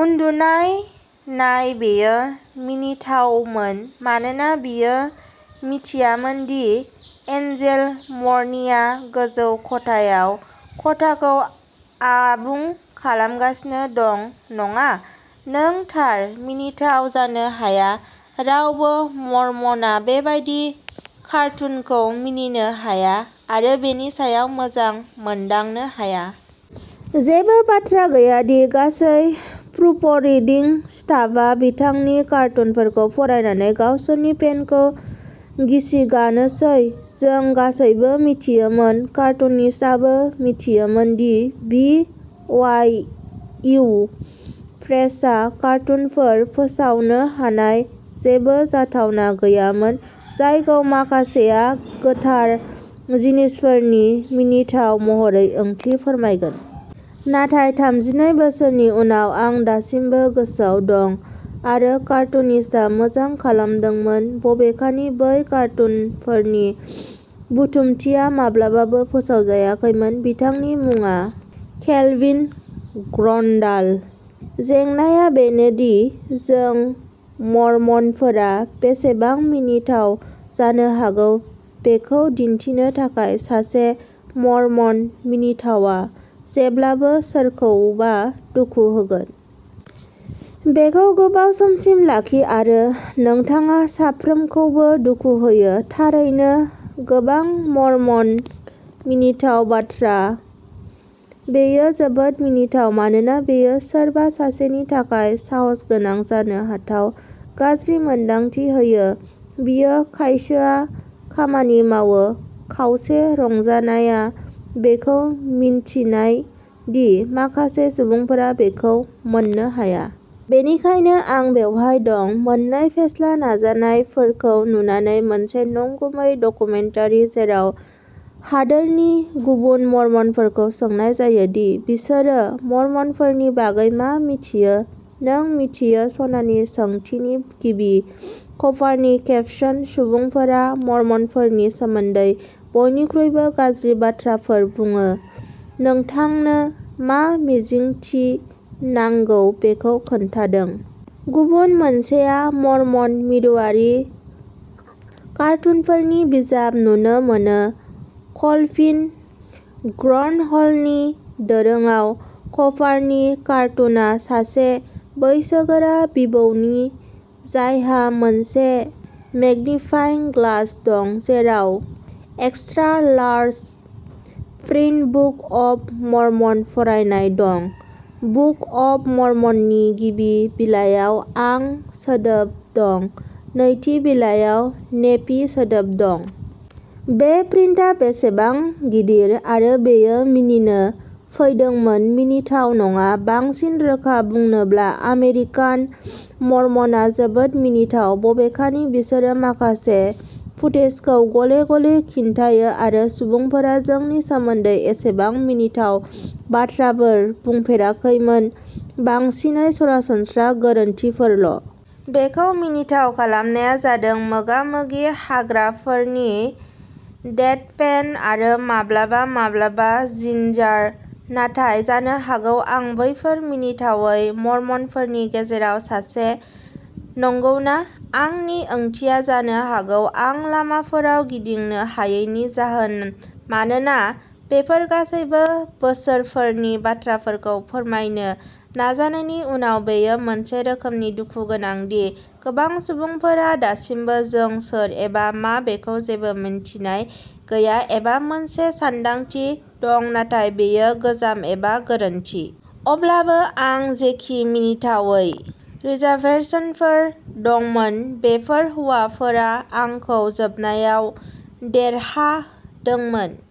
उन्दुनाय, नाय बेयो मिनिथावमोन मानोना बियो मिथियामोन दि एन्जेल मर'नीआ गोजौ खथायाव खथाखौ आबुं खालामगासिनो दं नङा। नों थार। मिनिथाव जानो हाया। रावबो मरमनआ बेबादि कार्टुनखौ मिनिनो हाया आरो बेनि सायाव मोजां मोनदांनो हाया। जेबो बाथ्रा गैया दि गासै प्रुफरिडिं स्टाफआ बिथांनि कार्टुनफोरखौ फरायनानै गावसोरनि पेन्टखौ गिसिगानोसै। जों गासैबो मिथियोमोन कार्टुनिस्टआबो मिथियोमोन दि बि अवाइ इउ प्रेसआ कार्टुनफोर फोसावनो हानाय जेबो जाथावना गैयामोन जायखौ माखासेया गोथार जिनिसफोरनि मिनिथाव महरै ओंथि फोरमायगोन। नाथाय थामजिनै बोसोरनि उनाव, आं दासिमबो गोसोआव दं। आरो कार्टुनिस्टआ मोजां खालामदोंमोन, बबेखानि बै कार्टुनफोरनि बुथुमथिया माब्लाबाबो फोसावजायाखैमोन। बिथांनि मुङा केल्विन ग्रन्डाल। जेंनाआ बेनो दि जों मरमनफोरा बेसेबां मिनिथाव जानो हागौ बेखौ दिन्थिनो थाखाय, सासे मरमन मिनिथावआ जेब्लाबो सोरखौबा दुखु होगोन। बेखौ गोबाव समसिम लाखि, आरो नोंथाङा साफ्रोमखौबो दुखु होयो। थारैनो, गोबां मरमन मिनिथाव बाथ्रा। बेयो जोबोद मिनिथाव मानोना बेयो सोरबा सासेनि थाखाय साहसगोनां, जानो हाथाव, गाज्रि मोन्दांथि होयो। बिदि खायसोआ खामानि मावो। खावसे रंजानायआ बेखौ मिन्थिनाय दि माखासे सुबुंफोरा बेखौ मोननो हाया। बेनिखायनो आं बेवहाय दं, मोननै फेस्ला नाजानायफोरखौ नुनानै मोनसे नंगुबै डकुमेन्टारि जेराव हादोरनि गुबुन मर्मनफोरखौ सोंनाय जायो दि बिसोरो मर्मनफोरनि बागै मा मिथियो नों मिथियो, सनानि सोंथिनि गिबि। कभारनि केपसन सुबुंफोरा मर्मनफोरनि सोमोन्दै बयनिख्रुइबो गाज्रि बाथ्राफोर बुङो नोंथांनो मा मिजिंथि नांगौ बेखौ खोन्थादों। गुबुन मोनसेआ मर्मन मिरुआरि कार्टुनफोरनि बिजाब, नुनो मोनो केलभिन ग्रन्डहलनि दोरोंआव। कभारनि कार्टुनआ सासे बैसोगोरा बिबौनि, जायहा मोनसे मेग्निफाइं ग्लास दं, जेराव extra large print book of Mormon फरायनाय दं। बुक अफ मर्मननि गिबि बिलायाव आं सोदोब दं नैथि बिलायाव, नेफि सोदोब दं। बे प्रिन्टआ बेसेबां गिदिर। आरो बेयो मिनिनो फैदोंमोन मिनिथाव नङा। बांसिन रोखा बुंनोब्ला आमेरिकान मर्मनआ जोबोद मिनिथाव, बबेखानि बिसोरो माखासे फुटेजखौ गले-गले खिन्थायो आरो सुबुंफोरा जोंनि सोमोन्दै एसेबां मिनिथाव बाथ्राफोर बुंफेराखैमोन बांसिनै सरासनस्रा गोरोन्थिफोरल'। बेखौ मिनिथाव खालामनाया जादों मोगा-मोगि होग्राफोरनि डेडपेन, आरो माब्लाबा-माब्लाबा जिंजार। नाथाय जानो हागौ आं बैफोर मिनिथावै मर्मनफोरनि गेजेराव सासे, नंगौना? आंनि ओंथिया जानो हागौ, आं लामाफोराव गिदिंनो हायैनि जाहोन मानोना बेफोर गासै बोसोरफोरनि बाथ्राफोरखौ फोरमायनो नाजानायनि उनाव, बेयो मोनसे रोखोमनि दुखु गोनां दि गोबां सुबुंफोरहा दासिमबो जों सोर एबा मा बेखौ जेबो मिन्थिनाय गैया, एबा मोनसे सानदांथि दं नाथाय बेयो गोजाम एबा गोरोन्थि। अब्लाबो आं जेखि मिनिथावै रिजार्भेशनफोर दंमोन, बेफोर हौवाफोरा आंखौ जोबनायाव देरहादोंमोन।